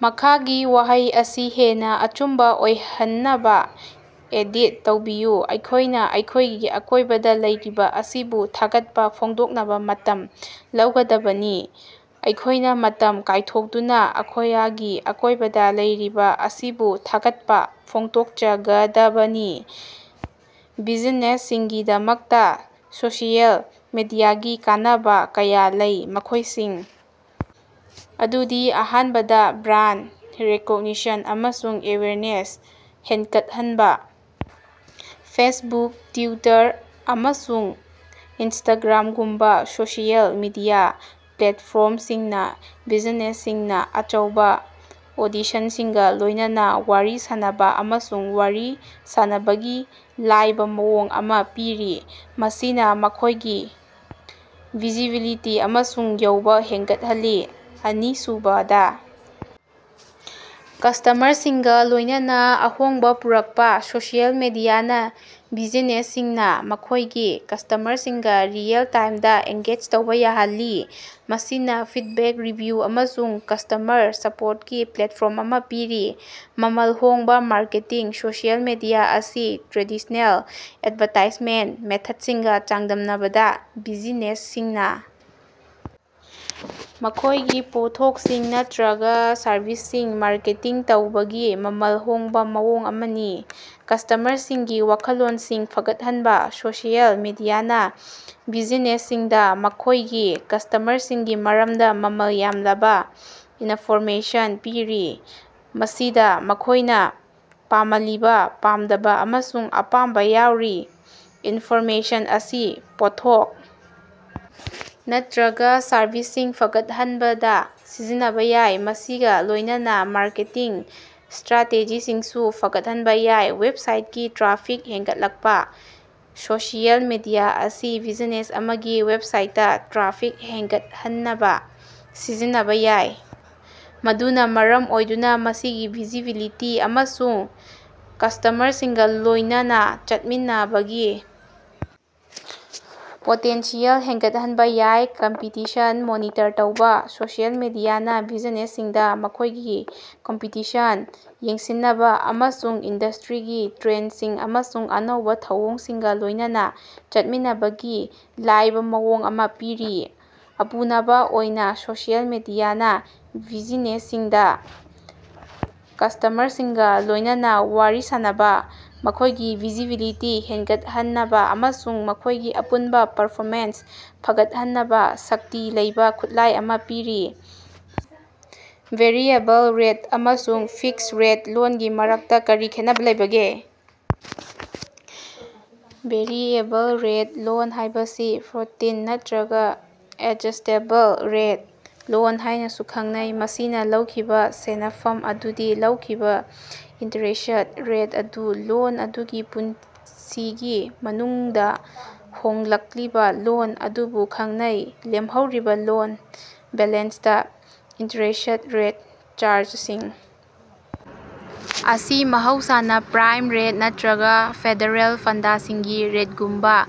ꯃꯈꯥꯒꯤ ꯋꯥꯍꯩ ꯑꯁꯤ ꯍꯦꯟꯅ ꯑꯆꯨꯝꯕ ꯑꯣꯏꯍꯟꯅꯕ ꯑꯦꯗꯤꯠ ꯇꯧꯕꯤꯌꯨ꯫ ꯑꯩꯈꯣꯏꯅ ꯑꯩꯈꯣꯏꯒꯤ ꯑꯀꯣꯏꯕꯗ ꯂꯩꯔꯤꯕ ꯑꯁꯤꯕꯨ ꯊꯥꯒꯠꯄ ꯐꯣꯡꯗꯣꯛꯅꯕ ꯃꯇꯝ ꯂꯧꯒꯗꯕꯅꯤ꯫ ꯑꯩꯈꯣꯏꯅ ꯃꯇꯝ ꯀꯥꯏꯊꯣꯛꯇꯨꯅ ꯑꯩꯈꯣꯌꯒꯤ ꯑꯀꯣꯏꯕꯗ ꯂꯩꯔꯤꯕ ꯑꯁꯤꯕꯨ ꯊꯥꯒꯠꯄ ꯐꯣꯡꯗꯣꯛꯆꯒꯗꯕꯅꯤ꯫ ꯕꯤꯖꯤꯅꯦꯁꯁꯤꯡꯒꯤꯗꯃꯛꯇ ꯁꯣꯁꯤꯑꯦꯜ ꯃꯤꯗꯤꯌꯥꯒꯤ ꯀꯥꯟꯅꯕ ꯀꯌꯥ ꯂꯩ, ꯃꯈꯣꯏꯁꯤꯡ ꯑꯗꯨꯗꯤ: ꯑꯍꯥꯟꯕꯗ, ꯕ꯭ꯔꯥꯟꯗ ꯔꯤꯀ꯭ꯣꯒꯅꯤꯁꯟ ꯑꯃꯁꯨꯡ ꯑꯦꯋꯦꯌ꯭ꯔꯅꯦꯁ ꯍꯦꯟꯒꯠꯍꯟꯕ: ꯐꯦꯁꯕꯨꯛ, ꯇ꯭ꯋꯤꯇꯔ, ꯑꯃꯁꯨꯡ ꯏꯟꯁꯇꯥꯒ꯭ꯔꯥꯝꯒꯨꯝꯕ ꯁꯣꯁꯤꯑꯦꯜ ꯃꯤꯗꯤꯌꯥ ꯄ꯭ꯂꯦꯠꯐ꯭ꯣꯔꯝꯁꯤꯡꯅ ꯕꯤꯖꯤꯅꯦꯁꯁꯤꯡꯅ ꯑꯆꯧꯕꯥ ꯑꯣꯗꯤꯁꯟꯁꯤꯡꯒ ꯂꯣꯏꯅꯅ ꯋꯥꯔꯤ ꯁꯥꯅꯕ ꯑꯃꯁꯨꯡ ꯋꯥꯔꯤ ꯁꯥꯅꯕꯒꯤ ꯂꯥꯏꯕ ꯃꯑꯣꯡ ꯑꯃꯥ ꯄꯤꯔꯤ, ꯃꯁꯤꯅ ꯃꯈꯣꯏꯒꯤ ꯚꯤꯖꯤꯕꯤꯂꯤꯇꯤ ꯑꯃꯁꯨꯡ ꯌꯧꯕ ꯍꯦꯡꯒꯠꯍꯜꯂꯤ꯫ ꯑꯅꯤꯁꯨꯕꯗ, ꯀ꯭ꯁꯇꯃ꯭ꯔꯁꯤꯡꯒ ꯂꯣꯏꯅꯅ ꯑꯍꯣꯡꯕ ꯄꯨꯔꯛꯄ: ꯁꯣꯁꯤꯑꯦꯜ ꯃꯤꯗꯤꯌꯥꯅ ꯕꯤꯖꯤꯅꯦꯁꯁꯤꯡꯅ ꯃꯈꯣꯏꯒꯤ ꯀ꯭ꯁꯇꯃ꯭ꯔꯁꯤꯡꯒ ꯔꯤꯑꯦꯜ-ꯇꯥꯏꯝꯗ ꯑꯦꯡꯒꯦꯖ ꯇꯧꯕꯥ ꯌꯥꯍꯜꯂꯤ, ꯃꯁꯤꯅ ꯐꯤꯗꯕꯦꯛ, ꯔꯤꯚ꯭ꯌꯨ ꯑꯃꯁꯨꯡ ꯀ꯭ꯁꯇꯃ꯭ꯔ ꯁꯄꯣꯔꯠꯀꯤ ꯄ꯭ꯂꯦꯠꯐ꯭ꯣꯔꯝ ꯑꯃꯥ ꯄꯤꯔꯤ꯫ ꯃꯃꯜ ꯍꯣꯡꯕ ꯃꯥꯔꯀꯦꯇꯤꯡ: ꯁꯣꯁꯤꯑꯦꯜ ꯃꯤꯗꯤꯌꯥ ꯑꯁꯤ ꯇ꯭ꯔꯦꯗꯤꯁꯅꯦꯜ ꯑꯦꯗꯚꯥꯔꯇꯥꯏꯖꯃꯦꯟꯠ ꯃꯦꯊꯠꯁꯤꯡꯒ ꯆꯥꯡꯗꯝꯅꯕꯗ, ꯕꯤꯖꯤꯅꯦꯁꯁꯤꯡꯅ ꯃꯈꯣꯏꯒꯤ ꯄꯣꯠꯊꯣꯛꯁꯤꯡ ꯅꯠꯇꯔꯒ ꯁꯔꯚꯤꯁꯁꯤꯡ ꯃꯥꯔꯀꯦꯇꯤꯡ ꯇꯧꯕꯒꯤ ꯃꯃꯜ ꯍꯣꯡꯕꯥ ꯃꯑꯣꯡ ꯑꯃꯅꯤ꯫ ꯀ꯭ꯁꯇꯃ꯭ꯔꯁꯤꯡꯒꯤ ꯋꯥꯈꯜꯂꯣꯟꯁꯤꯡ ꯐꯒꯠꯍꯟꯕ: ꯁꯣꯁꯤꯑꯦꯜ ꯃꯤꯗꯤꯌꯥꯅ ꯕꯤꯖꯤꯅꯦꯁꯁꯤꯡꯗ ꯃꯈꯣꯏꯒꯤ ꯀ꯭ꯁꯇꯃ꯭ꯔꯁꯤꯡꯒꯤ ꯃꯔꯝꯗ ꯃꯃꯜ ꯌꯥꯝꯂꯕ ꯏꯅꯐꯣꯔꯃꯦꯁꯟ ꯄꯤꯔꯤ, ꯃꯁꯤꯗ ꯃꯈꯣꯏꯅ ꯄꯥꯃꯂꯤꯕ, ꯄꯥꯝꯗꯕ ꯑꯃꯁꯨꯡ ꯑꯄꯥꯝꯕ ꯌꯥꯎꯔꯤ꯫ ꯏꯟꯐꯣꯔꯃꯦꯁꯟ ꯑꯁꯤ ꯄꯣꯠꯊꯣꯛ ꯅꯠꯇꯔꯒ ꯁꯔꯚꯤꯁꯁꯤꯡ ꯐꯒꯠꯍꯟꯕꯗ ꯁꯤꯖꯤꯟꯅꯕ ꯌꯥꯏ, ꯃꯁꯤꯒ ꯂꯣꯏꯅꯅ ꯃꯥꯔꯀꯦꯇꯤꯡ ꯁ꯭ꯇꯔꯥꯇꯦꯖꯤꯁꯤꯡꯁꯨ ꯐꯒꯠꯍꯟꯕ ꯌꯥꯏ꯫ ꯋꯦꯕꯁꯥꯏꯠꯀꯤ ꯇ꯭ꯔꯥꯐꯤꯛ ꯍꯦꯡꯒꯠꯂꯛꯄꯥ: ꯁꯣꯁꯤꯑꯦꯜ ꯃꯤꯗꯤꯌꯥ ꯑꯁꯤ ꯕꯤꯖꯤꯅꯦꯁ ꯑꯃꯒꯤ ꯋꯦꯕꯁꯥꯏꯠꯇ ꯇ꯭ꯔꯥꯐꯤꯛ ꯍꯦꯡꯒꯠꯍꯟꯅꯕ ꯁꯤꯖꯤꯟꯅꯕ ꯌꯥꯏ, ꯃꯗꯨꯅ ꯃꯔꯝ ꯑꯣꯏꯗꯨꯅ ꯃꯁꯤꯒꯤ ꯚꯤꯖꯤꯕꯤꯂꯤꯇꯤ ꯑꯃꯁꯨꯡ ꯀ꯭ꯁꯇꯃ꯭ꯔꯁꯤꯡꯒ ꯂꯣꯏꯅꯅ ꯆꯠꯃꯤꯟꯅꯕꯒꯤ ꯄꯣꯇꯦꯟꯁꯤꯑꯦꯜ ꯍꯦꯡꯒꯠꯍꯟꯕ ꯌꯥꯏ꯫ ꯀꯝꯄꯤꯇꯤꯁꯟ ꯃꯣꯅꯤꯇꯔ ꯇꯧꯕ: ꯁꯣꯁꯤꯑꯦꯜ ꯃꯤꯗꯤꯌꯥꯅ ꯕꯤꯖꯤꯅꯦꯁꯁꯤꯡꯗ ꯃꯈꯣꯏꯒꯤ ꯀꯝꯄꯤꯇꯤꯁꯟ ꯌꯦꯡꯁꯤꯟꯅꯕ ꯑꯃꯁꯨꯡ ꯏꯟꯗꯁ꯭ꯇꯔꯤꯒꯤ ꯇ꯭ꯔꯦꯟꯁꯤꯡ ꯑꯃꯁꯨꯡ ꯑꯅꯧꯕ ꯊꯧꯑꯣꯡꯁꯤꯡꯒ ꯂꯣꯏꯅꯅ ꯆꯠꯃꯤꯟꯅꯕꯒꯤ ꯂꯥꯏꯕ ꯃꯑꯣꯡ ꯑꯃ ꯄꯤꯔꯤ꯫ ꯑꯄꯨꯅꯕ ꯑꯣꯏꯅ ꯁꯣꯁꯤꯑꯦꯜ ꯃꯤꯗꯤꯌꯥꯅ ꯕꯤꯖꯤꯅꯦꯁꯁꯤꯡꯗ ꯀ꯭ꯁꯇꯃ꯭ꯔꯁꯤꯡꯒ ꯂꯣꯏꯅꯅ ꯋꯥꯔꯤ ꯁꯥꯅꯕ, ꯃꯈꯣꯏꯒꯤ ꯚꯤꯖꯤꯕꯤꯂꯤꯇꯤ ꯍꯦꯡꯒꯠꯍꯟꯅꯕ ꯑꯃꯁꯨꯡ ꯃꯈꯣꯏꯒꯤ ꯑꯄꯨꯟꯕ ꯄꯔꯐꯣꯃꯦꯟꯁ ꯐꯒꯠꯍꯟꯅꯕ ꯁꯛꯇꯤ ꯂꯩꯕ ꯈꯨꯠꯂꯥꯏ ꯑꯃ ꯄꯤꯔꯤ꯫ ꯚꯦꯔꯤꯑꯦꯕꯜ ꯔꯦꯠ ꯑꯃꯁꯨꯡ ꯐꯤꯛꯁ ꯔꯦꯠ ꯂꯣꯟꯒꯤ ꯃꯔꯛꯇ ꯀꯔꯤ ꯈꯦꯠꯅꯕ ꯂꯩꯕꯒꯦ? ꯚꯦꯔꯤꯑꯦꯕꯜ ꯔꯦꯠ ꯂꯣꯟ ꯍꯥꯏꯕꯁꯤ ꯐ꯭ꯂꯣꯇꯤꯡ ꯅꯠꯇꯔꯒ ꯑꯦꯗꯖ꯭ꯁꯇꯦꯕꯜ ꯔꯦꯠ ꯂꯣꯟ ꯍꯥꯏꯅꯁꯨ ꯈꯪꯅꯩ, ꯃꯁꯤꯅ ꯂꯧꯈꯤꯕ ꯁꯦꯅꯐꯝ ꯑꯗꯨꯗ ꯂꯧꯈꯤꯕ ꯏꯟꯇꯔꯦꯁ꯭ꯠ ꯔꯦꯠ ꯑꯗꯨ ꯂꯣꯟ ꯑꯗꯨꯒꯤ ꯄꯨꯟꯁꯤꯒꯤ ꯃꯅꯨꯡꯗ ꯍꯣꯡꯂꯛꯂꯤꯕ ꯂꯣꯟ ꯑꯗꯨꯕꯨ ꯈꯪꯅꯩ꯫ ꯂꯦꯝꯍꯧꯔꯤꯕ ꯂꯣꯟ ꯕꯦꯂꯦꯟꯁꯇ ꯏꯟꯇꯔꯦꯁ꯭ꯠ ꯔꯦꯠ ꯆꯥ꯭ꯔꯖꯁꯤꯡ ꯑꯁꯤ ꯃꯍꯧꯁꯥꯅ ꯄ꯭ꯔꯥꯏꯝ ꯔꯦꯠ ꯅꯠꯇꯔꯒ ꯐꯦꯗꯔꯦꯜ ꯐꯟꯗꯁꯤꯡꯒꯤ ꯔꯦꯠꯒꯨꯝꯕ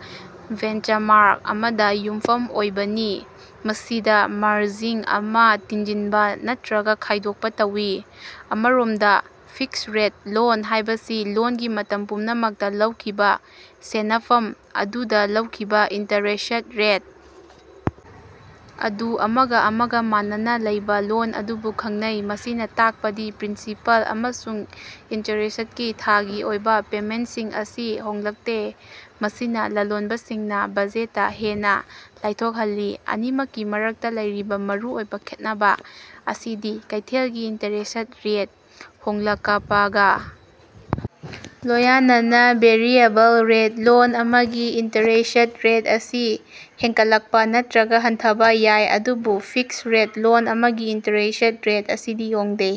ꯕꯦꯟꯆꯃꯥ꯭ꯔꯛ ꯑꯃꯗ ꯌꯨꯝꯐꯝ ꯑꯣꯏꯕꯅꯤ, ꯃꯁꯤꯗ ꯃꯥꯔꯖꯤꯟ ꯑꯃ ꯇꯤꯟꯖꯟꯕ ꯅꯠꯇꯔꯒ ꯈꯥꯏꯗꯣꯛꯄ ꯇꯧꯏ꯫ ꯑꯃꯔꯣꯝꯗ, ꯐꯤꯛꯁ ꯔꯦꯠ ꯂꯣꯟ ꯍꯥꯏꯕꯁꯤ ꯂꯣꯟꯒꯤ ꯃꯇꯝ ꯄꯨꯝꯅꯃꯛꯇ ꯂꯧꯈꯤꯕ ꯁꯦꯅꯐꯝ ꯑꯗꯨꯗ ꯂꯧꯈꯤꯕ ꯏꯟꯇꯔꯦꯁ꯭ꯠ ꯔꯦꯠ ꯑꯗꯨ ꯑꯃꯒ ꯑꯃꯒ ꯃꯥꯟꯅꯅ ꯂꯩꯕ ꯂꯣꯟ ꯑꯗꯨꯕꯨ ꯈꯪꯅꯩ꯫ ꯃꯁꯤꯅ ꯇꯥꯛꯄꯗꯤ ꯄ꯭ꯔꯤꯟꯁꯤꯄꯥꯜ ꯑꯃꯁꯨꯡ ꯏꯟꯇꯔꯦꯁ꯭ꯠꯀꯤ ꯊꯥꯒꯤ ꯑꯣꯏꯕ ꯄꯦꯃꯦꯟꯠꯁꯤꯡ ꯑꯁꯤ ꯍꯣꯡꯂꯛꯇꯦ, ꯃꯁꯤꯅ ꯂꯂꯣꯟꯕꯁꯤꯡꯅ ꯕꯖꯦꯠꯇ ꯍꯦꯟꯅ ꯂꯥꯏꯊꯣꯛꯍꯜꯂꯤ꯫ ꯑꯅꯤꯃꯛꯀꯤ ꯃꯔꯛꯇ ꯂꯩꯔꯤꯕ ꯃꯔꯨꯑꯣꯏꯕ ꯈꯦꯠꯅꯕ ꯑꯁꯤꯗꯤ ꯀꯩꯊꯦꯜꯒꯤ ꯏꯟꯇꯔꯦꯁ꯭ꯠ ꯔꯦꯠ ꯍꯣꯡꯂꯀꯄꯒꯥ ꯂꯣꯌꯅꯅꯥ ꯚꯦꯔꯤꯑꯦꯕꯜ ꯔꯦꯠ ꯂꯣꯟ ꯑꯃꯒꯤ ꯏꯟꯇꯔꯦꯁ꯭ꯠ ꯔꯦꯠ ꯑꯁꯤ ꯍꯦꯡꯒꯠꯂꯛꯄ ꯅꯠꯇꯔꯒ ꯍꯟꯊꯕ ꯌꯥꯏ ꯑꯗꯨꯕꯨ ꯐꯤꯛꯁ ꯔꯦꯠ ꯂꯣꯟ ꯑꯃꯒꯤ ꯏꯟꯇꯔꯦꯁ꯭ꯠ ꯔꯦꯠ ꯑꯁꯤꯗꯤ ꯍꯣꯡꯗꯦ꯫